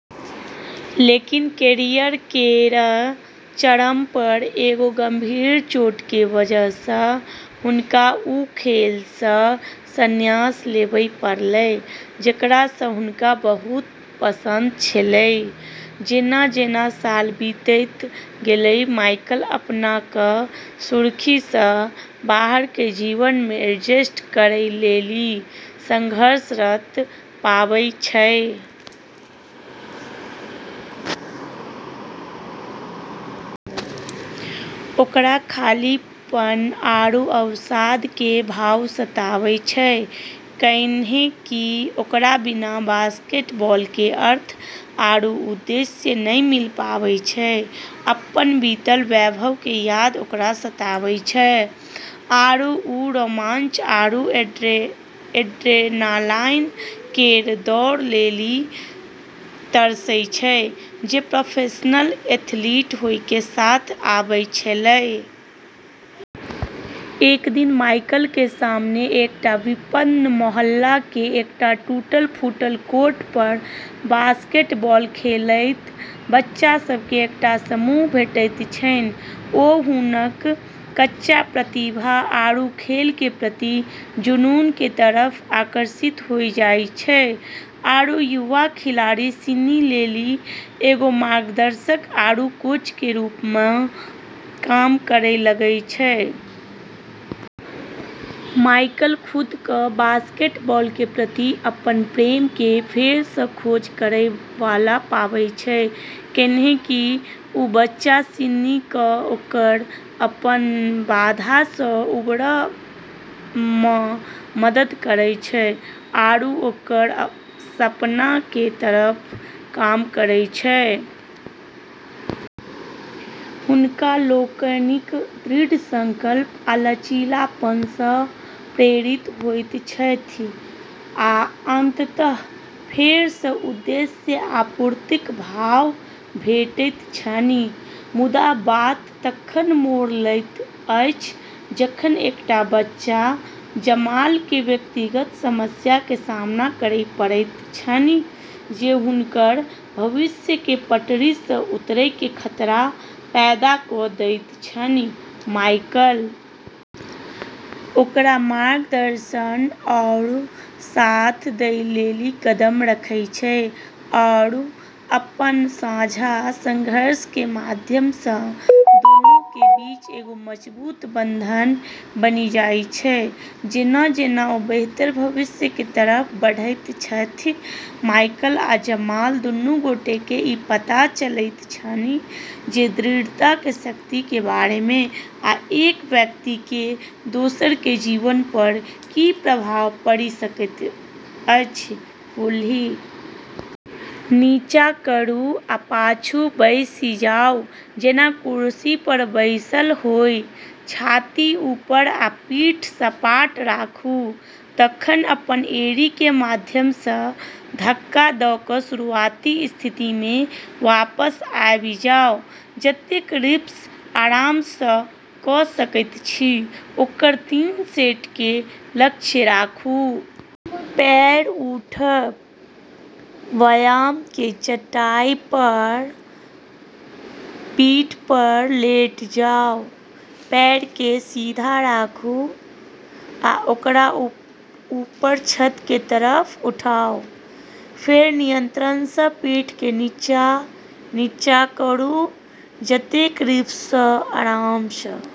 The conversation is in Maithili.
लेकिन कैरियर केरऽ चरम पर एगो गंभीर चोट के वजह सऽ हुनका वू खेल सऽ संन्यास लेबै पड़लै जेकरा सऽ हुनका बहुत पसंद छेलै। जेना-जेना साल बीतैत गेलै, माइकल अपना कऽ सुर्खी सऽ बाहर के जीवन मऽ एडजस्ट करै लेली संघर्षरत पाबै छै। ओकरा खालीपन आरू अवसाद के भाव सताबै छै, कैन्हेंकि ओकरा बिना बास्केटबॉल के अर्थ आरू उद्देश्य नै मिल पाबै छै। अपनऽ बीतलऽ वैभव के याद ओकरा सताबै छै, आरू वू रोमांच आरू एड्रेनालाईन केरऽ दौड़ लेली तरसै छै जे प्रोफेशनल एथलीट होय के साथ आबै छेलै। एक दिन माइकल के सामने एकटा विपन्न मोहल्ला के एकटा टूटल-फूटल कोर्ट पर बास्केटबॉल खेलैत बच्चा सब के एकटा समूह भेटैत छनि। ओ हुनकऽ कच्चा प्रतिभा आरू खेल के प्रति जुनून के तरफ आकर्षित होय जाय छै, आरू युवा खिलाड़ी सिनी लेली एगो मार्गदर्शक आरू कोच के रूप मऽ काम करै लगै छै। माइकल खुद कऽ बास्केटबॉल के प्रति अपनऽ प्रेम के फेर सऽ खोज करै वाला पाबै छै, कैन्हेंकि वू बच्चा सिनी कऽ ओकरऽ अपनऽ बाधा सऽ उबरऽ मऽ मदद करै छै आरू ओकरऽ सपना के तरफ काम करै छै। हुनका लोकनिक दृढ़ संकल्प आ लचीलापन सँ प्रेरित होइत छथि, आ अंततः फेर सँ उद्देश्य आ पूर्तिक भाव भेटैत छनि। मुदा बात तखन मोड़ लैत अछि जखन एकटा बच्चा जमाल के व्यक्तिगत समस्या के सामना करय पड़ैत छनि जे हुनकर भविष्य के पटरी सं उतरय के खतरा पैदा क दैत छनि ।माइकल ओकरा मार्गदर्शन आरू साथ दै लेली कदम रखै छै, आरू अपनऽ साझा संघर्ष के माध्यम स॑ दोनों के बीच एगो मजबूत बंधन बनी जाय छै। जेना-जेना ओ बेहतर भविष्य के तरफ बढ़ैत छथि, माइकल आ जमाल दुनू गोटे के ई पता चलैत छनि जे दृढ़ता के शक्ति के बारे में, आ एक व्यक्ति के दोसर के जीवन पर की प्रभाव पड़ि सकैत अछि ।कूल्हि नीचाँ करू आ पाछू बैसि जाउ जेना कुर्सी पर बैसल होइ। छाती ऊपर आ पीठ सपाट राखू। तखन अपन एड़ी के माध्यम सं धक्का द क शुरुआती स्थिति मे वापस आबि जाउ। जतेक रिप्स आराम स क सकैत छी ओकर तीन सेट के लक्ष्य राखू। पैर उठब: व्यायाम के चटाई पर पीठ पर लेट जाउ। पैर कें सीधा राखूं, आ ओकरा ऊपर छत के तरफ उठाऊ, फेर नियंत्रण स पीठ के नीचा नीचा करू ।जतेक रिप्स आराम स ।